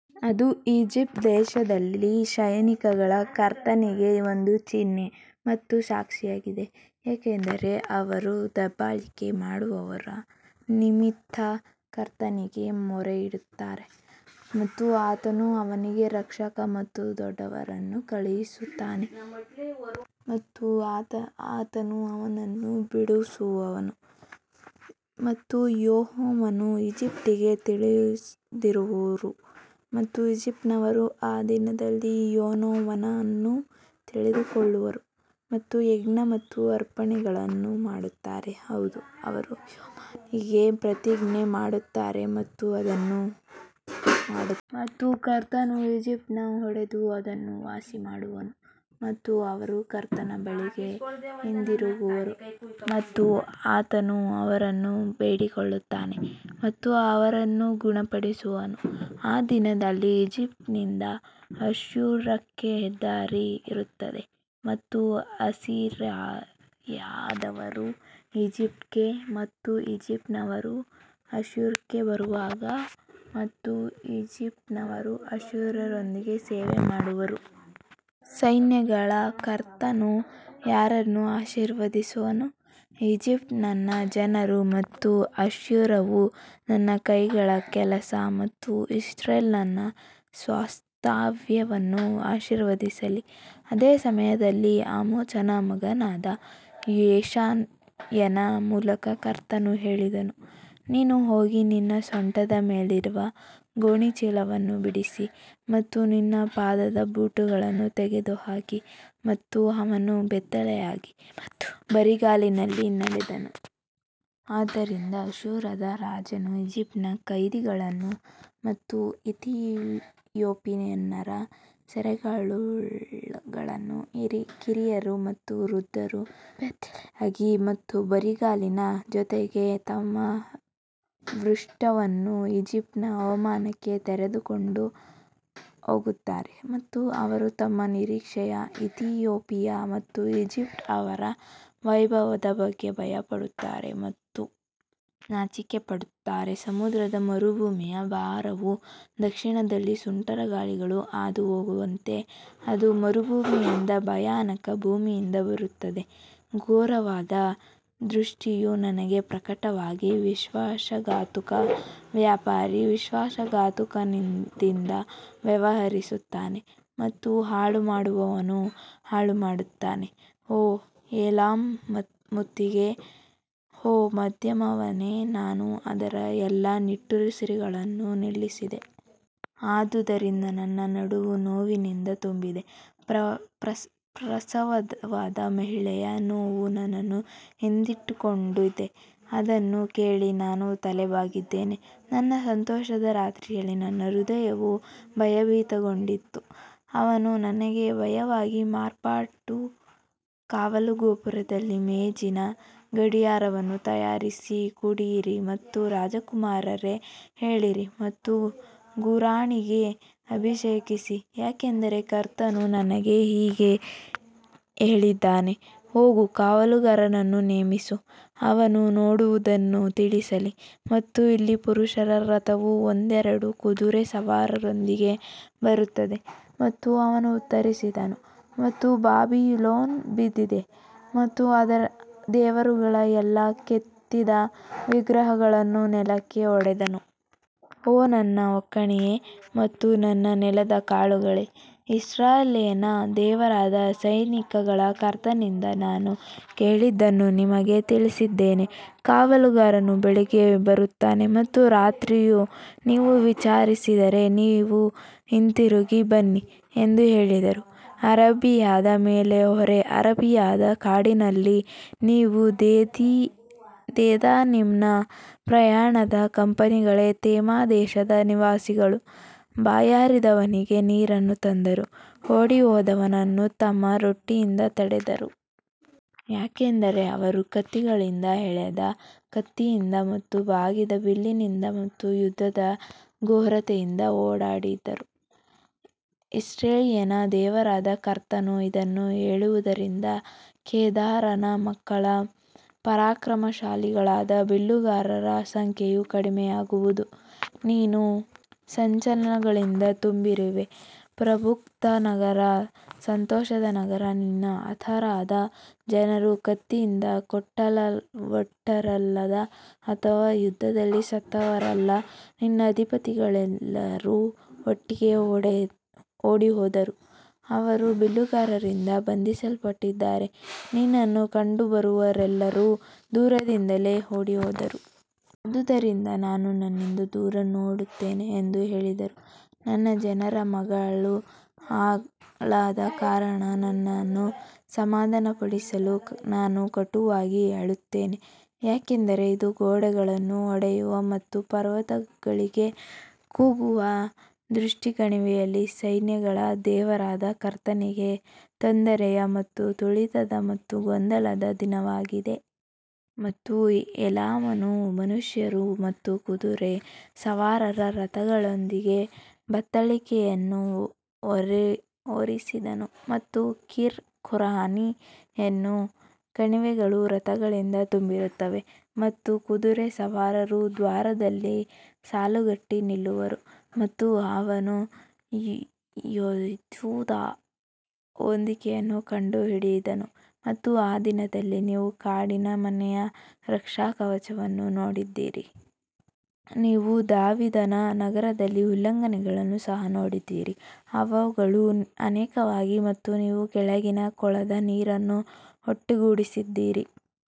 ಅದು ಈಜಿಪ್ಟ್ ದೇಶದಲ್ಲಿ ಸೈನ್ಯಗಳ ಕರ್ತನಿಗೆ ಒಂದು ಚಿಹ್ನೆ ಮತ್ತು ಸಾಕ್ಷಿಯಾಗಿದೆ ಏಕೆಂದರೆ ಅವರು ದಬ್ಬಾಳಿಕೆ ಮಾಡುವವರ ನಿಮಿತ್ತ ಕರ್ತನಿಗೆ ಮೊರೆಯಿಡುತ್ತಾರೆ ಮತ್ತು ಆತನು ಅವರಿಗೆ ರಕ್ಷಕ ಮತ್ತು ದೊಡ್ಡವರನ್ನು ಕಳುಹಿಸುತ್ತಾನೆ ಮತ್ತು ಆತನು ಅವರನ್ನು ಬಿಡಿಸುವನು. ಮತ್ತು ಯೆಹೋವನು ಈಜಿಪ್ಟಿಗೆ ತಿಳಿದಿರುವರು ಮತ್ತು ಈಜಿಪ್ಟಿನವರು ಆ ದಿನದಲ್ಲಿ ಯೆಹೋವನನ್ನು ತಿಳಿದುಕೊಳ್ಳುವರು ಮತ್ತು ಯಜ್ಞ ಮತ್ತು ಅರ್ಪಣೆಗಳನ್ನು ಮಾಡುತ್ತಾರೆ, ಹೌದು ಅವರು ಯೆಹೋವನಿಗೆ ಪ್ರತಿಜ್ಞೆ ಮಾಡುತ್ತಾರೆ ಮತ್ತು ಅದನ್ನು ಮಾಡುತ್ತಾರೆ. ಮತ್ತು ಕರ್ತನು ಈಜಿಪ್ಟನ್ನು ಹೊಡೆದು ಅದನ್ನು ವಾಸಿಮಾಡುವನು ಮತ್ತು ಅವರು ಕರ್ತನ ಬಳಿಗೆ ಹಿಂದಿರುಗುವರು ಮತ್ತು ಆತನು ಅವರನ್ನು ಬೇಡಿಕೊಳ್ಳುತ್ತಾನೆ ಮತ್ತು ಅವರನ್ನು ಗುಣಪಡಿಸುವನು. ಆ ದಿನದಲ್ಲಿ ಈಜಿಪ್ಟ್ನಿಂದ ಅಶ್ಶೂರಕ್ಕೆ ಹೆದ್ದಾರಿ ಇರುತ್ತದೆ ಮತ್ತು ಅಸಿರಿಯಾದವರು ಈಜಿಪ್ಟ್ಗೆ ಮತ್ತು ಈಜಿಪ್ಟಿನವರು ಅಶ್ಶೂರಕ್ಕೆ ಬರುವರು ಮತ್ತು ಈಜಿಪ್ಟಿನವರು ಅಶ್ಶೂರ್ಯರೊಂದಿಗೆ ಸೇವೆ ಮಾಡುವರು. ಸೈನ್ಯಗಳ ಕರ್ತನು ಯಾರನ್ನು ಆಶೀರ್ವದಿಸುವನು, ಈಜಿಪ್ಟ್ ನನ್ನ ಜನರು ಮತ್ತು ಅಶ್ಶೂರವು ನನ್ನ ಕೈಗಳ ಕೆಲಸ ಮತ್ತು ಇಸ್ರೇಲ್ ನನ್ನ ಸ್ವಾಸ್ತ್ಯವನ್ನು ಆಶೀರ್ವದಿಸಲಿ ಅದೇ ಸಮಯದಲ್ಲಿ ಆಮೋಚನ ಮಗನಾದ ಯೆಶಾಯನ ಮೂಲಕ ಕರ್ತನು ಹೇಳಿದನು, ನೀನು ಹೋಗಿ ನಿನ್ನ ಸೊಂಟದ ಮೇಲಿರುವ ಗೋಣಿಚೀಲವನ್ನು ಬಿಡಿಸಿ ಮತ್ತು ನಿನ್ನ ಪಾದದ ಬೂಟುಗಳನ್ನು ತೆಗೆದುಹಾಕಿ ಮತ್ತು ಅವನು ಬೆತ್ತಲೆಯಾಗಿ ಮತ್ತು ಬರಿಗಾಲಿನಲ್ಲಿ ನಡೆದನು. ಆದ್ದರಿಂದ ಅಶ್ಶೂರದ ರಾಜನು ಈಜಿಪ್ಟಿನ ಕೈದಿಗಳನ್ನು ಮತ್ತು ಇಥಿಯೋಪಿಯನ್ನರ ಸೆರೆಯಾಳುಗಳನ್ನು ಕಿರಿಯರು ಮತ್ತು ವೃದ್ಧರು ಬೆತ್ತಲೆಯಾಗಿ ಮತ್ತು ಬರಿಗಾಲಿನ ಜೊತೆಗೆ ತಮ್ಮ ಪೃಷ್ಠವನ್ನು ಈಜಿಪ್ಟಿನ ಅವಮಾನಕ್ಕೆ ತೆರೆದುಕೊಂಡು ಹೋಗುತ್ತಾರೆ. ಮತ್ತು ಅವರು ತಮ್ಮ ನಿರೀಕ್ಷೆಯ ಇಥಿಯೋಪಿಯಾ ಮತ್ತು ಈಜಿಪ್ಟ್ ಅವರ ವೈಭವದ ಬಗ್ಗೆ ಭಯಪಡುತ್ತಾರೆ ಮತ್ತು ನಾಚಿಕೆಪಡುತ್ತಾರೆ ಸಮುದ್ರದ ಮರುಭೂಮಿಯ ಭಾರವು ದಕ್ಷಿಣದಲ್ಲಿ ಸುಂಟರಗಾಳಿಗಳು ಹಾದುಹೋಗುವಂತೆ ಅದು ಮರುಭೂಮಿಯಿಂದ ಭಯಾನಕ ಭೂಮಿಯಿಂದ ಬರುತ್ತದೆ ಘೋರವಾದ ದೃಷ್ಟಿಯು ನನಗೆ ಪ್ರಕಟವಾಗಿದೆ ವಿಶ್ವಾಸಘಾತುಕ ವ್ಯಾಪಾರಿ ವಿಶ್ವಾಸಘಾತುಕತನದಿಂದ ವ್ಯವಹರಿಸುತ್ತಾನೆ ಮತ್ತು ಹಾಳುಮಾಡುವವನು ಹಾಳುಮಾಡುತ್ತಾನೆ ಓ ಏಲಾಮ್ ಮುತ್ತಿಗೆ ಓ ಮಾಧ್ಯಮದವನೇ ನಾನು ಅದರ ಎಲ್ಲಾ ನಿಟ್ಟುಸಿರುಗಳನ್ನು ನಿಲ್ಲಿಸಿದೆ ಆದುದರಿಂದ ನನ್ನ ನಡುವು ನೋವಿನಿಂದ ತುಂಬಿದೆ, ಪ್ರಸವವಾದ ಮಹಿಳೆಯ ನೋವು ನನ್ನನ್ನು ಹಿಡಿದಿಟ್ಟುಕೊಂಡಿದೆ, ಅದನ್ನು ಕೇಳಿ ನಾನು ತಲೆಬಾಗಿದ್ದೇನೆ ನನ್ನ ಸಂತೋಷದ ರಾತ್ರಿಯಲ್ಲಿ ನನ್ನ ಹೃದಯವು ಭಯಭೀತಗೊಂಡಿತು, ಅವನು ನನಗೆ ಭಯವಾಗಿ ಮಾರ್ಪಟ್ಟನು ಕಾವಲುಗೋಪುರದಲ್ಲಿ ಮೇಜಿನ ಗಡಿಯಾರವನ್ನು ತಯಾರಿಸಿ ಕುಡಿಯಿರಿ ಮತ್ತು ರಾಜಕುಮಾರರೇ ಏಳಿರಿ ಮತ್ತು ಗುರಾಣಿಗೆ ಅಭಿಷೇಕಿಸಿ ಯಾಕಂದರೆ ಕರ್ತನು ನನಗೆ ಹೀಗೆ ಹೇಳಿದ್ದಾನೆ, ಹೋಗು ಕಾವಲುಗಾರನನ್ನು ನೇಮಿಸು ಅವನು ನೋಡುವದನ್ನು ತಿಳಿಸಲಿ ಮತ್ತು ಇಲ್ಲಿ ಪುರುಷರ ರಥವು ಒಂದೆರಡು ಕುದುರೆ ಸವಾರರೊಂದಿಗೆ ಬರುತ್ತದೆ ಮತ್ತು ಅವನು ಉತ್ತರಿಸಿದನು ಮತ್ತು ಬಾಬಿಲೋನ್ ಬಿದ್ದಿದೆ ಮತ್ತು ಅದರ ದೇವರುಗಳ ಎಲ್ಲಾ ಕೆತ್ತಿದ ವಿಗ್ರಹಗಳನ್ನು ನೆಲಕ್ಕೆ ಒಡೆದನು. ಓ ನನ್ನ ಒಕ್ಕಣೆಯೇ ಮತ್ತು ನನ್ನ ನೆಲದ ಕಾಳುಗಳೇ, ಇಸ್ರಾಯೇಲಿನ ದೇವರಾದ ಸೈನ್ಯಗಳ ಕರ್ತನಿಂದ ನಾನು ಕೇಳಿದ್ದನ್ನು ನಿಮಗೆ ತಿಳಿಸಿದ್ದೇನೆ. ಕಾವಲುಗಾರನು ಬೆಳಿಗ್ಗೆ ಬರುತ್ತದೆ ಮತ್ತು ರಾತ್ರಿಯೂ ನೀವು ವಿಚಾರಿಸಿದರೆ ನೀವು ಹಿಂತಿರುಗಿ ಬನ್ನಿ ಎಂದು ಹೇಳಿದರು ಅರೇಬಿಯಾದ ಮೇಲೆ ಹೊರೆ ಅರೇಬಿಯಾದ ಕಾಡಿನಲ್ಲಿ ನೀವು ದೆದಾನಿಮ್ನ ಪ್ರಯಾಣದ ಕಂಪನಿಗಳೇ ತೇಮಾ ದೇಶದ ನಿವಾಸಿಗಳು ಬಾಯಾರಿದವನಿಗೆ ನೀರನ್ನು ತಂದರು, ಓಡಿಹೋದವನನ್ನು ತಮ್ಮ ರೊಟ್ಟಿಯಿಂದ ತಡೆದರು. ಯಾಕಂದರೆ ಅವರು ಕತ್ತಿಗಳಿಂದ ಎಳೆದ ಕತ್ತಿಯಿಂದ ಮತ್ತು ಬಾಗಿದ ಬಿಲ್ಲಿನಿಂದ ಮತ್ತು ಯುದ್ಧದ ಘೋರತೆಯಿಂದ ಓಡಿಹೋದರು. ಇಸ್ರಾಯೇಲಿನ ದೇವರಾದ ಕರ್ತನು ಇದನ್ನು ಹೇಳಿರುವದರಿಂದ ಕೇದಾರನ ಮಕ್ಕಳ ಪರಾಕ್ರಮಶಾಲಿಗಳಾದ ಬಿಲ್ಲುಗಾರರ ಸಂಖ್ಯೆಯು ಕಡಿಮೆಯಾಗುವದು. ನೀನು ಸಂಚಲನಗಳಿಂದ ತುಂಬಿರುವೆ, ಪ್ರಕ್ಷುಬ್ಧ ನಗರ, ಸಂತೋಷದ ನಗರ, ನಿನ್ನ ಹತರಾದ ಜನರು ಕತ್ತಿಯಿಂದ ಕೊಲ್ಲಲ್ಪಟ್ಟವರಲ್ಲ ಅಥವಾ ಯುದ್ಧದಲ್ಲಿ ಸತ್ತವರಲ್ಲ ನಿನ್ನ ಅಧಿಪತಿಗಳೆಲ್ಲರೂ ಒಟ್ಟಿಗೆ ಓಡಿಹೋದರು ಅವರು ಬಿಲ್ಲುಗಾರರಿಂದ ಬಂಧಿಸಲ್ಪಟ್ಟಿದ್ದಾರೆ, ನಿನ್ನಲ್ಲಿ ಕಂಡುಬರುವವರೆಲ್ಲರೂ ದೂರದಿಂದ ಓಡಿಹೋದರು. ಆದುದರಿಂದ ನಾನು ನನ್ನಿಂದ ದೂರ ನೋಡುತ್ತೇನೆ ಎಂದು ಹೇಳಿದರು, ನನ್ನ ಜನರ ಮಗಳು ಹಾಳಾದ ಕಾರಣ ನನ್ನನ್ನು ಸಮಾಧಾನಪಡಿಸಲು ನಾನು ಕಟುವಾಗಿ ಅಳುತ್ತೇನೆ. ಯಾಕಂದರೆ ಇದು ಗೋಡೆಗಳನ್ನು ಒಡೆಯುವ ಮತ್ತು ಪರ್ವತಗಳಿಗೆ ಕೂಗುವ ದೃಷ್ಟಿ ಕಣಿವೆಯಲ್ಲಿ ಸೈನ್ಯಗಳ ದೇವರಾದ ಕರ್ತನಿಂದ ತೊಂದರೆಯ ಮತ್ತು ತುಳಿತದ ಮತ್ತು ಗೊಂದಲದ ದಿನವಾಗಿದೆ. ಮತ್ತು ಏಲಾಮನು ಮನುಷ್ಯರು ಮತ್ತು ಕುದುರೆ ಸವಾರರ ರಥಗಳೊಂದಿಗೆ ಬತ್ತಳಿಕೆಯನ್ನು ಹೊರಿಸಿದನು ಮತ್ತು ಕೀರ್ ಗುರಾಣಿಯನ್ನು ತೆರೆದನು. ಮತ್ತು ನಿನ್ನ ಆಯ್ಕೆಯಾದ ಕಣಿವೆಗಳು ರಥಗಳಿಂದ ತುಂಬಿರುತ್ತವೆ ಮತ್ತು ಕುದುರೆ ಸವಾರರು ದ್ವಾರದಲ್ಲಿ ಸಾಲುಗಟ್ಟಿ ನಿಲ್ಲುವರು. ಮತ್ತು ಅವನು ಯೆಹೂದದ ಹೊದಿಕೆಯನ್ನು ಕಂಡುಹಿಡಿದನು ಮತ್ತು ಆ ದಿನದಲ್ಲಿ ನೀವು ಕಾಡಿನ ಮನೆಯ ರಕ್ಷಾಕವಚವನ್ನು ನೋಡಿದ್ದೀರಿ. ನೀವು ದಾವೀದನ ನಗರದ ಉಲ್ಲಂಘನೆಗಳನ್ನು ಸಹ ನೋಡಿದ್ದೀರಿ, ಅವುಗಳು ಅನೇಕವಾಗಿವೆ ಮತ್ತು ನೀವು ಕೆಳಗಿನ ಕೊಳದ ನೀರನ್ನು ಒಟ್ಟುಗೂಡಿಸಿದ್ದೀರಿ.